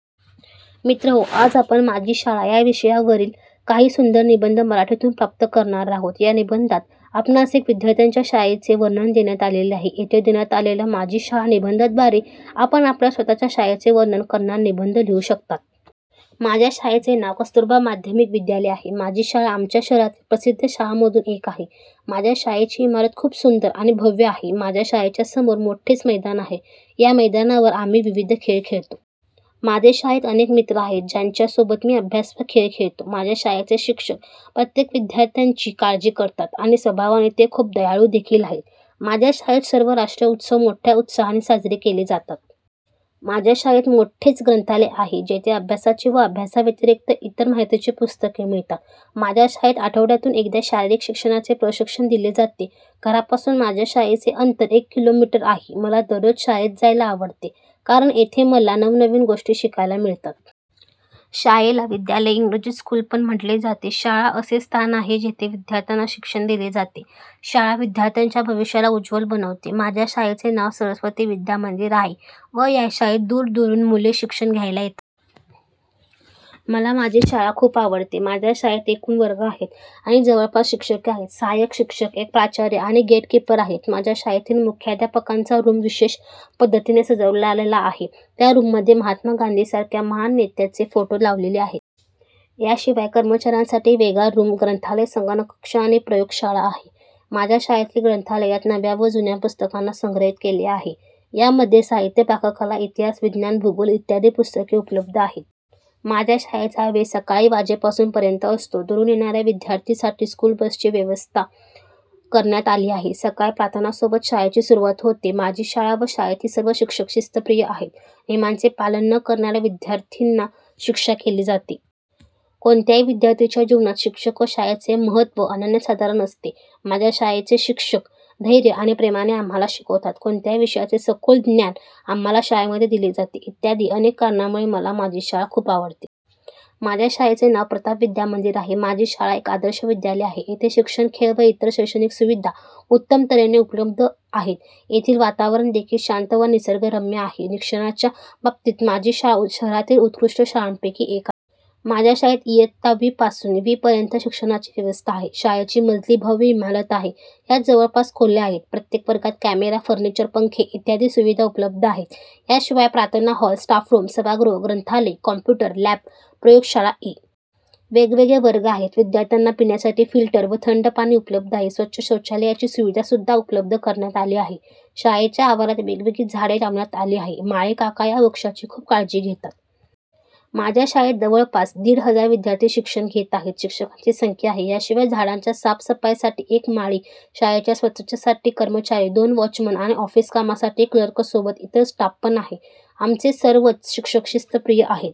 : मित्रहो आज आपण माझी शाळा या विषयावरील काही सुंदर निबंध मराठीतून प्राप्त करणार आहोत. या निबंधात आपणास एक विद्यार्थ्याच्या शाळेचे वर्णन देण्यात आलेले आहे. येथे देण्यात आलेल्या माझी शाळा निबंध द्वारे आपण आपल्या स्वतः च्या शाळेचे वर्णन करणार निबंध लिहू शकतात. माझ्या शाळेचे नाव कस्तुरबा माध्यमिक विद्यालय आहे. माझी शाळा आमच्या शहरातील प्रसिद्ध शाळांमधून एक आहे. माझ्या शाळेची इमारत खूप सुंदर आणि भव्य आहे. माझ्या शाळेच्या समोर मोठेच मैदान आहे, या मैदानावर आम्ही विविध खेळ खेळतो. माझे शाळेत अनेक मित्र आहेत, ज्यांच्या सोबत मी अभ्यास व खेळ खेळतो. माझ्या शाळेचे शिक्षक प्रत्येक विद्यार्थ्यांची काळजी करतात आणि स्वभावाने ते खूप दयाळू देखील आहेत. माझ्या शाळेत सर्व राष्ट्रीय उत्सव मोठ्या उत्साहाने साजरे केले जातात. माझ्या शाळेत मोठेच ग्रंथालय आहे, जेथे अभ्यासाची व अभ्यासाव्यतिरिक्त इतर माहितीची पुस्तके मिळतात. माझ्या शाळेत आठवड्यातून एकदा शारीरिक शिक्षणाचे प्रशिक्षण दिले जाते. घरापासून माझ्या शाळेचे अंतर एक किलोमीटर आहे. मला दररोज शाळेत जायला आवडते, कारण येथे मला नवनवीन गोष्टी शिकायला मिळतात. शाळेला विद्यालय व इंग्रजीत स्कूल पण म्हटले जाते. शाळा असे स्थान आहे जेथे विद्यार्थ्याना शिक्षण दिले जाते. शाळा विद्यार्थ्याच्या भविष्याला उज्वल बनवते. माझ्या शाळेचे नाव सरस्वती विद्या मंदिर आहे व या शाळेत दूर दुरून मुले शिक्षण घ्यायायला येतात. मला माझी शाळा खूप आवडते. माझ्या शाळेत एकूण वर्ग आहेत आणि जवळपास शिक्षके आहेत. सहायक शिक्षक, एक प्राचार्य आणि गेट कीपर आहेत. माझ्या शाळेतील मुख्यध्यापकाचा रूम विशेष पद्धतीने सजवलेला आहे. त्या रूममध्ये महात्मा गांधी सारख्या महान नेत्याचे फोटो लावलेले आहेत. या शिवाय कर्मचाऱ्यासाठी वेगळा रूम, ग्रंथालय, संगणक कक्ष आणि प्रयोग शाळा आहे. माझ्या शाळेतील ग्रंथालयात नव्या व जुन्या पुस्तकाना संग्रहित केले आहे. या मध्ये साहित्य, पाककला, इतिहास, विज्ञान, भूगोल इत्यादि पुस्तके उपलब्ध आहेत. माझ्या शाळेचा वेळ सकाळी वाजेपासून पर्यन्त असतो. दुरून येणाऱ्या विद्यार्थी साठी स्कूल बस ची व्यवस्था करण्यात आली आहे. सकाळी प्रार्थना सोबत शाळेची सुरुवात होते. माझी शाळा व शाळेतील सर्व शिक्षक शिस्तप्रिय आहेत, नियमांचे पालन न करणाऱ्या विद्यार्थीनां शिक्षा केली जाते. कोणत्याही विद्यार्थी च्या जीवनात शिक्षक व शाळेचे महत्व अनन्यसाधारण असते. माझ्या शाळेचे शिक्षक धैर्य आणि प्रेमाने आम्हाला शिकवतात. कोणत्याही विषयाचे सखोल ज्ञान आम्हाला शाळेमध्ये दिले जाते. इत्यादि अनेक कारणामुळे मला माझी शाळा खूप आवडते. माझ्या शाळेचे नाव प्रताप विद्यामंदिर आहे. माझी शाळा एक आदर्श विद्यालय आहे. येथे शिक्षण, खेळ व इतर शैक्षणिक सुविधा उत्तम तऱ्हेने उपलब्ध आहेत. येथील वातावरण देखील शांत व निसर्ग रम्य आहे. शिक्षणाच्या बाबतीत माझी शाळा शहरातील उत्कृष्ट शाळांपैकी एक आहे. माझ्या शाळेत इयत्ता वी पासून वी पर्यंत शिक्षणाची व्यवस्था आहे. शाळेची मजली भव्य इमारत आहे. यात जवळपास खोल्या आहेत. प्रत्येक वर्गात कॅमेरा, फर्निचर, पंखे इत्यादी सुविधा उपलब्ध आहेत. या शिवाय प्रार्थना हॉल, स्टाफ रूम, सभागृह, ग्रंथालय, कॉम्प्युटर लॅब, प्रयोग शाळा ई. वेगवेगळे वर्ग आहेत. विद्यार्थ्यांना पिण्यासाठी फिल्टर व थंड पाणी उपलब्ध आहे. स्वच्छ शौचालयाची सुविधा सुद्धा उपलब्ध करण्यात आली आहे. शाळेच्या आवारात वेगवेगळी झाडे लावण्यात आली आहेत. माळी काका या वृक्षांची खूप काळजी घेतात. माझ्या शाळेत जवळपास दीड हजार विद्यार्थी शिक्षण घेत आहेत. शिक्षकांची संख्या आहे, याशिवाय झाडांच्या साफ सफाई साठी एक माळी, शाळेच्या स्वछतेसाठी कर्मचारी, दोन वॉचमन आणि ऑफिस कामासाठी क्लर्क सोबत इतर स्टाफ पण आहे. आमचे सर्वच शिक्षक शिस्त प्रिय आहेत.